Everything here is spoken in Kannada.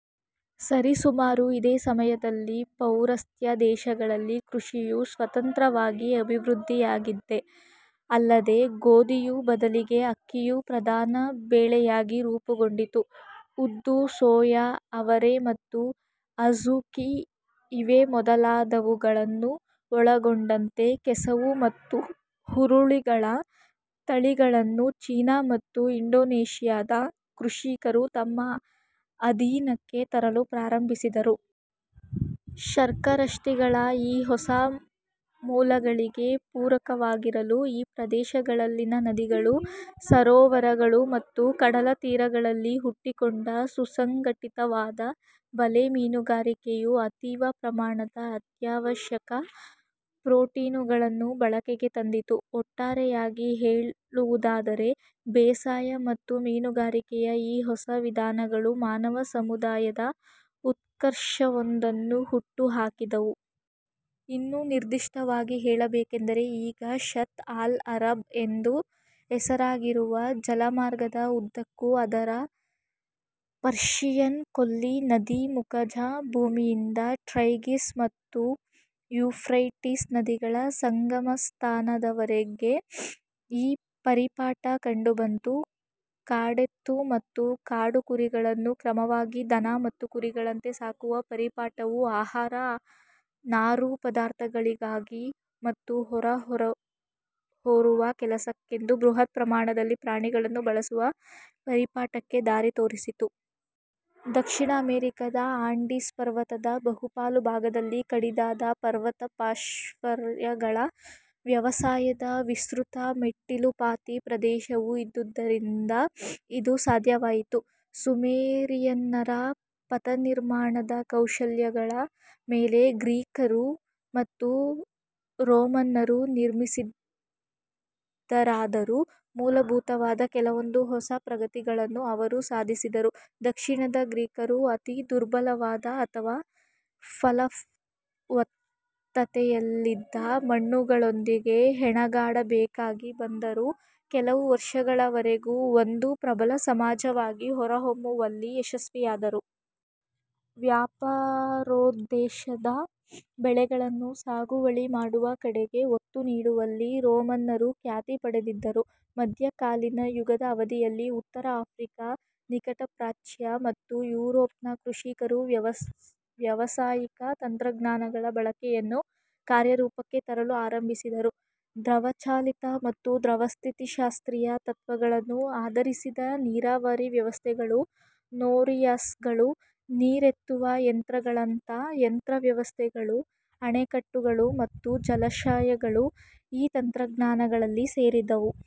ಸರಿ ಸುಮಾರು ಇದೇ ಸಮಯದಲ್ಲಿ, ಪೌರಸ್ತ್ಯ ದೇಶಗಳಲ್ಲಿ ಕೃಷಿಯು ಸ್ವತಂತ್ರವಾಗಿ ಅಭಿವೃದ್ಧಿಯಾಗಿದ್ದೇ ಅಲ್ಲದೇ, ಗೋಧಿ ಯ ಬದಲಿಗೆ ಅಕ್ಕಿ ಯು ಪ್ರಧಾನ ಬೆಳೆಯಾಗಿ ರೂಪುಗೊಂಡಿತು. ಉದ್ದು, ಸೋಯಾ ಅವರೆ ಮತ್ತು ಅಝುಕಿ ಇವೇ ಮೊದಲಾದವುಗಳನ್ನು ಒಳಗೊಂಡಂತೆ ಕೆಸವು ಮತ್ತು ಹುರುಳಿಗಳ ತಳಿಗಳನ್ನು ಚೀನಾ ಮತ್ತು ಇಂಡೋನೇಷಿಯಾದ ಕೃಷಿಕರು ತಮ್ಮ ಅಧೀನಕ್ಕೆ ತರಲು ಪ್ರಾರಂಭಿಸಿದರು. ಶರ್ಕರಪಿಷ್ಟಗಳ ಈ ಹೊಸ ಮೂಲಗಳಿಗೆ ಪೂರಕವಾಗಿರಲು, ಈ ಪ್ರದೇಶಗಳಲ್ಲಿನ ನದಿಗಳು, ಸರೋವರಗಳು ಮತ್ತು ಕಡಲ ತೀರಗಳಲ್ಲಿ ಹುಟ್ಟಿಕೊಂಡ ಸುಸಂಘಟಿತವಾದ ಬಲೆ- ಮೀನುಗಾರಿಕೆಯು ಅತೀವ ಪ್ರಮಾಣದ ಅತ್ಯಾವಶ್ಯಕ ಪ್ರೊಟೀನುಗಳನ್ನು ಬಳಕೆಗೆ ತಂದಿತು. ಒಟ್ಟಾರೆಯಾಗಿ ಹೇಳುವುದಾದರೆ, ಬೇಸಾಯ ಮತ್ತು ಮೀನುಗಾರಿಕೆಯ ಈ ಹೊಸ ವಿಧಾನಗಳು ಮಾನವ ಸಮುದಾಯದ ಉತ್ಕರ್ಷವೊಂದನ್ನು ಹುಟ್ಟುಹಾಕಿದವು. ಇನ್ನೂ ನಿರ್ದಿಷ್ಟವಾಗಿ ಹೇಳಬೇಕೆಂದರೆ, ಈಗ ಷತ್ ಅಲ್-ಅರಬ್ ಎಂದು ಹೆಸರಾಗಿರುವ ಜಲಮಾರ್ಗದ ಉದ್ದಕ್ಕೂ, ಅದರ ಪರ್ಷಿಯನ್ ಕೊಲ್ಲಿ ನದೀಮುಖಜಭೂಮಿಯಿಂದ ಟೈಗ್ರಿಸ್ ಮತ್ತು ಯೂಫ್ರೆಟೀಸ್ ನದಿಗಳ ಸಂಗಮಸ್ಥಾನದವರೆಗೆ ಈ ಪರಿಪಾಠ ಕಂಡುಬಂತು. ಕಾಡೆತ್ತು ಮತ್ತು ಕಾಡುಕುರಿಗಳನ್ನು ಕ್ರಮವಾಗಿ ದನ ಮತ್ತು ಕುರಿಗಳಂತೆ ಸಾಕುವ ಪರಿಪಾಠವು ಆಹಾರ/ನಾರು ಪದಾರ್ಥಗಳಿಗಾಗಿ ಮತ್ತು ಹೊರೆಹೊರುವ ಕೆಲಸಕ್ಕೆಂದು ಬೃಹತ್-ಪ್ರಮಾಣದಲ್ಲಿ ಪ್ರಾಣಿಗಳನ್ನು ಬಳಸುವ ಪರಿಪಾಠಕ್ಕೆ ದಾರಿ ತೋರಿಸಿತು. ದಕ್ಷಿಣ ಅಮೆರಿಕದ ಆಂಡೀಸ್ ಪರ್ವತದ ಬಹುಪಾಲು ಭಾಗದಲ್ಲಿ ಕಡಿದಾದ ಪರ್ವತಪಾರ್ಶ್ವಗಳ ವ್ಯವಸಾಯದ ವಿಸ್ತೃತ ಮೆಟ್ಟಿಲುಪಾತಿ ಪ್ರದೇಶವು ಇದ್ದುದರಿಂದ ಇದು ಸಾಧ್ಯವಾಯಿತು. ಸುಮೇರಿಯನ್ನರ ಪಥನಿರ್ಮಾಣದ ಕೌಶಲಗಳ ಮೇಲೆ ಗ್ರೀಕರು ಮತ್ತು ರೋಮನ್ನರು ನಿರ್ಮಿಸಿದರಾದರೂ, ಮೂಲಭೂತವಾದ ಕೆಲವೊಂದು ಹೊಸ ಪ್ರಗತಿಗಳನ್ನು ಅವರು ಸಾಧಿಸಿದರು. ದಕ್ಷಿಣದ ಗ್ರೀಕರು ಅತಿ ದುರ್ಬಲವಾದ ಅಥವಾ ಫಲವತ್ತತೆಯಿಲ್ಲದ ಮಣ್ಣುಗಳೊಂದಿಗೆ ಹೆಣಗಾಡಬೇಕಾಗಿ ಬಂದರೂ, ಕೆಲವು ವರ್ಷಗಳವರೆಗೆ ಒಂದು ಪ್ರಬಲ ಸಮಾಜವಾಗಿ ಹೊರಹೊಮ್ಮುವಲ್ಲಿ ಯಶಸ್ವಿಯಾದರು. ವ್ಯಾಪಾರೋದ್ದೇಶದ ಬೆಳೆಗಳನ್ನು ಸಾಗುವಳಿ ಮಾಡುವ ಕಡೆಗೆ ಒತ್ತು ನೀಡುವಲ್ಲಿ ರೋಮನ್ನರು ಖ್ಯಾತಿ ಪಡೆದಿದ್ದರು. ಮಧ್ಯಕಾಲೀನ ಯುಗದ ಅವಧಿಯಲ್ಲಿ, ಉತ್ತರ ಆಫ್ರಿಕಾ, ನಿಕಟಪ್ರಾಚ್ಯ, ಮತ್ತು ಯುರೋಪ್ನ ಕೃಷಿಕರು ವ್ಯಾವಸಾಯಿಕ ತಂತ್ರಜ್ಞಾನಗಳ ಬಳಕೆಯನ್ನು ಕಾರ್ಯರೂಪಕ್ಕೆ ತರಲು ಆರಂಭಿಸಿದರು. ದ್ರವಚಾಲಿತ ಮತ್ತು ದ್ರವಸ್ಥಿತಿಶಾಸ್ತ್ರೀಯ ತತ್ತ್ವಗಳನ್ನು ಆಧರಿಸಿದ ನೀರಾವರಿ ವ್ಯವಸ್ಥೆಗಳು, ನೋರಿಯಾಸ್ಗಳು, ನೀರೆತ್ತುವ ಯಂತ್ರಗಳಂಥ ಯಂತ್ರವ್ಯವಸ್ಥೆಗಳು, ಅಣೆಕಟ್ಟೆಗಳು, ಮತ್ತು ಜಲಾಶಯಗಳು ಈ ತಂತ್ರಜ್ಞಾನಗಳಲ್ಲಿ ಸೇರಿದ್ದವು.